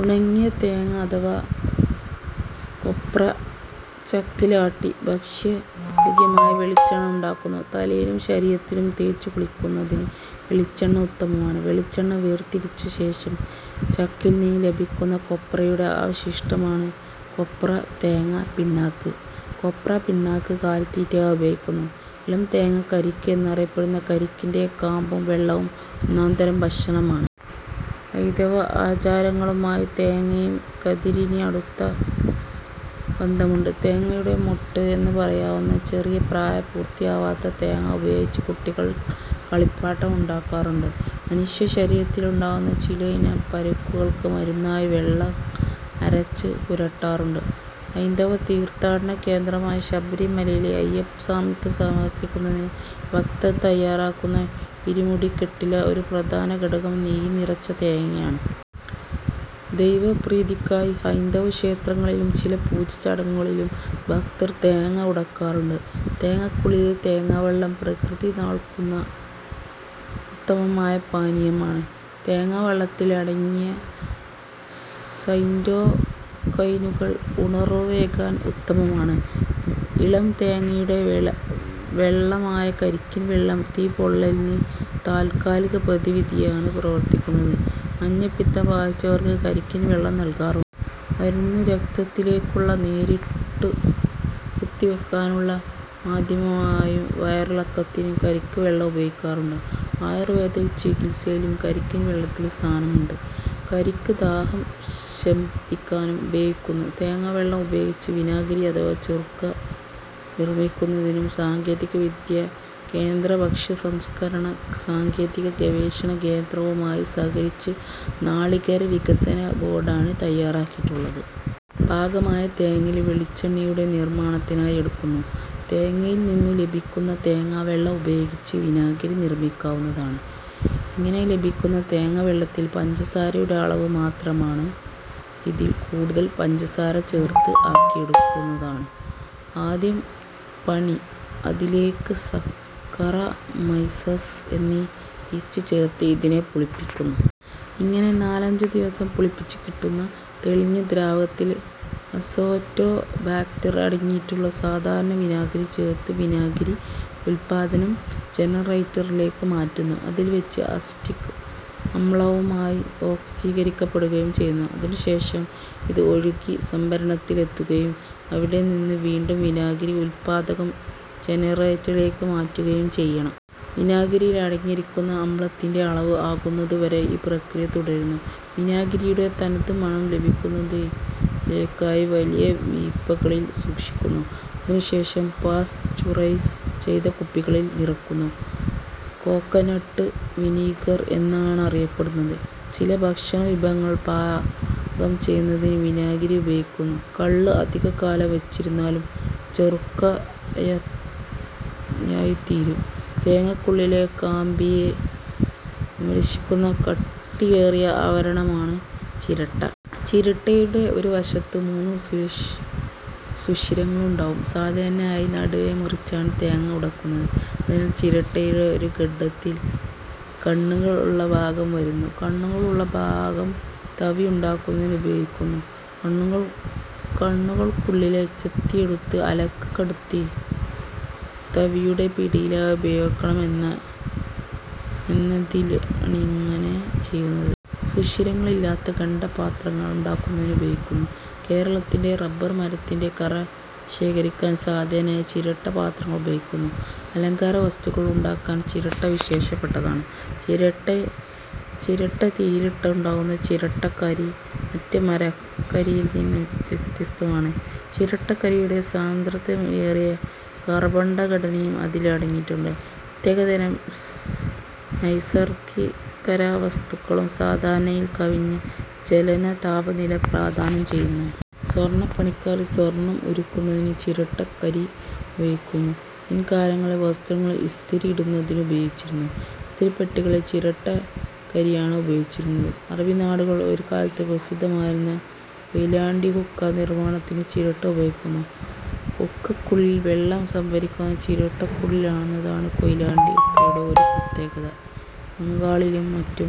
ഉണങ്ങിയ തേങ്ങ അഥവാ കൊപ്ര ചക്കിൽ ആട്ടി ഭക്ഷ്യയോഗ്യമായ വെളിച്ചെണ്ണ ഉണ്ടാക്കുന്നു. തലയിലും ശരീരത്തും തേച്ചുകുളിക്കുന്നതിന് വെളിച്ചെണ്ണ ഉത്തമമാണ്. വെളിച്ചെണ്ണ വേർതിരിഞ്ഞ ശേഷം ചക്കിൽ നിന്നും ലഭിക്കുന്ന കൊപ്രയുടെ അവശിഷ്ടമാണ് കൊപ്ര/തേങ്ങ പിണ്ണാക്ക്. കൊപ്ര പിണ്ണാക്ക് കാലിത്തീറ്റയായി ഉപയോഗിക്കുന്നു. ഇളം തേങ്ങ കരിക്ക് എന്നറിയപ്പെടുന്നു. കരിക്കിന്റെ കാമ്പും, വെള്ളവും ഒന്നാംതരം ഭക്ഷണമാണ്. ഹൈന്ദവ ആചാരങ്ങളുമായും തേങ്ങക്കും കതിരിനും അടുത്ത ബന്ധമുണ്ട്. തേങ്ങയുടെ മൊട്ട് എന്ന് പറയാവുന്ന ചെറിയ പ്രായപൂർത്തിയാവാത്ത തേങ്ങ ഉപയോഗിച്ച് കുട്ടികൾ കളിപ്പാട്ടം ഉണ്ടാക്കാറുണ്ട്. മനുഷ്യശരീരത്തിലുണ്ടാവുന്ന ചിലയിനം പരുക്കൾക്ക് മരുന്നായി വെള്ളക്ക അരച്ച് പുരട്ടാറുണ്ട്. ഹൈന്ദവ തീർഥാടന കേന്ദ്രമായ ശബരിമലയിലെ അയ്യപ്പസ്വാമിക്ക് സമർപ്പിക്കുന്നതിന് ഭക്തർ തയ്യാറാക്കുന്ന ഇരുമുടിക്കെട്ടിലെ ഒരു പ്രധാനഘടകം നെയ്യ് നിറച്ച തേങ്ങയാണ്. ദൈവ പ്രീതിക്കായി ഹൈന്ദവ ക്ഷേത്രങ്ങളിലും, ചില പൂജാ ചടങ്ങുകളിലും ഭക്തർ തേങ്ങ ഉടക്കാറുണ്ട്. തേങ്ങക്കുള്ളിലെ തേങ്ങാവെള്ളം പ്രകൃതി നൾകുന്ന ഉത്തമമായ പാനീയമാണ്. തേങ്ങാവെള്ളത്തിൽ അടങ്ങിയ സൈറ്റോകൈനുകൾ ഉണർവ്വേകാൻ ഉത്തമമാണ്. ഇളം തേങ്ങയുടെ വെള്ളമായ കരിക്കിൻവെള്ളം തീ പൊള്ളലിനു താത്കാലിക പ്രതിവിധിയായും പ്രവർത്തിക്കുന്നു. മഞ്ഞപ്പിത്തം ബാധിച്ചവർക്ക് കരിക്കിൻ വെള്ളം നൽകാറുണ്ട്. മരുന്നുകൾ രക്തത്തിലേക്കു നേരിട്ടുകുത്തിവെക്കാനുള്ള മാദ്ധ്യമമായും, വയറിളക്കത്തിനും കരിക്കിൻവെള്ളം ഉപയോഗിക്കാറുണ്ട്. ആയുർവേദ ചികിത്സയിലും കരിക്കിൻ വെള്ളത്തിന് സ്ഥാനമുണ്ട്. കരിക്ക് ദാഹം ശമിപ്പിക്കാനും ഉപയോഗിക്കുന്നു. തേങ്ങാവെള്ളം ഉപയോഗിച്ച് വിനാഗിരി അഥവാ ചൊറുക്ക നിർമ്മിക്കുന്നതിനുള്ള സാങ്കേതികവിദ്യ കേന്ദ്ര ഭക്ഷ്യസംസ്കരണ സാങ്കേതിക ഗവേഷണ കേന്ദ്രവുമായി സഹകരിച്ച് നാളികേര വികസന ബോർഡാണ് തായ്യാറാക്കിയിട്ടുള്ളത്. പാകമായ തേങ്ങയിൽ നിന്നും വെളിച്ചെണ്ണയുടെ നിർമ്മാണത്തിനായി എടുക്കുന്ന തേങ്ങയിൽ നിന്നും ലഭിക്കുന്ന തേങ്ങാവെള്ളം ഉപയോഗിച്ചും വിനാഗിരി നിർമ്മിക്കാവുന്നതാണ്. ഇങ്ങനെ ലഭിക്കുന്ന തേങ്ങാ വെള്ളത്തിൽ പഞ്ചസാരയുടെ അളവ് മാത്രമാണ്. ഇതിൽ കൂടുതൽ പഞ്ചസാര ചേർത്ത് ആക്കിയെടുക്കുന്നതാണ് ആദ്യ പണി. അതിലേയ്ക്ക് സക്കറാ മൈസസ് എന്ന യീസ്റ്റ് ചേർത്ത് ഇതിനെ പുളിപ്പിക്കുന്നു. ഇങ്ങനെ നാലഞ്ചു ദിവസം പുളിപ്പിച്ച് കിട്ടുന്ന തെളിഞ്ഞ ദ്രാവകത്തിൽ അസറ്റോബാക്ടർ അടങ്ങിയിട്ടുള്ള സാധാരണ വിനാഗിരി ചേർത്ത് വിനാഗിരി ഉത്പാദന ജനറേറ്ററിലേയ്ക്ക് മാറ്റുന്നു. അതിൽ വച്ച് അസറ്റിക് അമ്ലവുമായി ഓക്സീകരിക്കപ്പെടുകയും ചെയ്യുന്നു. അതിനുശേഷം ഇത് ഒഴുകി സംഭരണിയിൽ എത്തുകയും അവിടെനിന്നും വീണ്ടും വിനാഗിരി ഉത്പാദക ജനറേറ്ററിലേയ്ക്ക് മാറ്റുകയും ചെയ്യണം. വിനാഗിരിയിൽ അടങ്ങിയിരിക്കുന്ന അമ്ലത്തിന്റെ അളവ് ആകുന്നതുവരെ ഈ പ്രക്രിയ തുടരുന്നു. വിനാഗിരിയുടെ തനതു മണം ലഭിക്കുന്നതിലേയ്ക്കായി വലിയ വീപ്പകളിൽ സൂക്ഷിക്കുന്നു. അതിനുശേഷം പാസ്ചുറൈസ് ചെയ്ത് കുപ്പികളിൽ നിറയ്ക്കുന്നു. കോക്കനട്ട് വിനിഗർഎന്നാണിതറിയപ്പെടുന്നത്. ചില ഭക്ഷണവിഭവങ്ങൾ പാകം ചെയ്യുന്നതിന് വിനിഗർ ഉപയോഗിക്കുന്നു. കള്ള് അധികകാലം വച്ചിരുന്നാലും ചൊറുക്കയായിത്തീരും തേങ്ങക്കുള്ളിലെ കാമ്പിനെ സംരക്ഷിക്കുന്ന കട്ടിയേറിയ ആവരണമാണ് ചിരട്ട. ചിരട്ടയുടെ ഒരു വശത്ത് മൂന്ന് സുഷിരങ്ങൾ ഉണ്ടാവും. സാധാരണയായി നടുവെ മുറിച്ചാണ് തേങ്ങ ഉടക്കുന്നത്. അതിനാൽ ചിരട്ടയുടെ ഒരു ഖണ്ഡത്തിൽ കണ്ണുകൾ ഉള്ള ഭാഗം വരുന്നു. കണ്ണുകൾ ഉള്ള ഭാഗം തവി ഉണ്ടാക്കുന്നതിന് ഉപയോഗിക്കുന്നു. കണ്ണുകൾക്കുള്ളിലൂടെ ചെത്തിയെടുത്ത അലക് കടത്തി തവിയുടെ പിടിയായി ഉപയോഗിക്കാമെന്നതിലാണിങ്ങനെ ചെയ്യുന്നത്. സുഷിരങ്ങൾ ഇല്ലാത്ത ഖണ്ഡം പാത്രങ്ങൾ ഉണ്ടാക്കുന്നതിനുപയോഗിക്കുന്നു. കേരളത്തിൽ റബ്ബർ മരത്തിന്റെ കറ ശേഖരിക്കാൻ സാധാരണയായി ചിരട്ടപ്പാത്രങ്ങൾ ഉപയോഗിക്കുന്നു. അലങ്കാരവസ്തുക്കൾ ഉണ്ടാക്കാൻ ചിരട്ട വിശേഷപ്പെട്ടതാണ്. ചിരട്ട തീയിലിട്ട് ഉണ്ടാക്കുന്ന ചിരട്ടക്കരി മറ്റ് മരക്കരിയിൽ നിന്ന് വ്യത്യസ്തമാണ്. ചിരട്ടക്കരിയുടെ സാന്ദ്രതയേറിയ കാർബൺഘടനയും അതിൽ അടങ്ങിയിട്ടുള്ള പ്രത്യേകതരം നൈസർഗ്ഗികരാസവസ്തുക്കളും സാധാരണയിൽ കവിഞ്ഞ ജ്വലനതാപനില പ്രദാനം ചെയ്യുന്നു. സ്വർണ്ണപ്പണിക്കാർ സ്വർണ്ണം ഉരുക്കുന്നതിന് ചിരട്ടക്കരി ഉപയോഗിക്കുന്നു. മുൻ കാലങ്ങളിൽ വസ്ത്രങ്ങൾ ഇസ്തിരി ഇടുന്നതിനുപയോഗിച്ചിരുന്ന ഇസ്തിരിപ്പെട്ടികളിൽ ചിരട്ടക്കരിയാണുപയോഗിച്ചിരുന്നത്. അറബി നാടുകളിൽ ഒരുകാലത്ത് പ്രസിദ്ധമായിരുന്ന കൊയിലാണ്ടി ഹുക്ക നിർമ്മാണത്തിന് ചിരട്ട ഉപയോഗിക്കുന്നു. ഹുക്കക്കുള്ളിൽ വെള്ളം സംഭരിക്കുന്നത് ചിരട്ടക്കുള്ളിലാണെന്നതാണ് കൊയിലാണ്ടി ഹുക്കയുടെ ഒരു പ്രത്യേകത. ബംഗാളിലും മറ്റും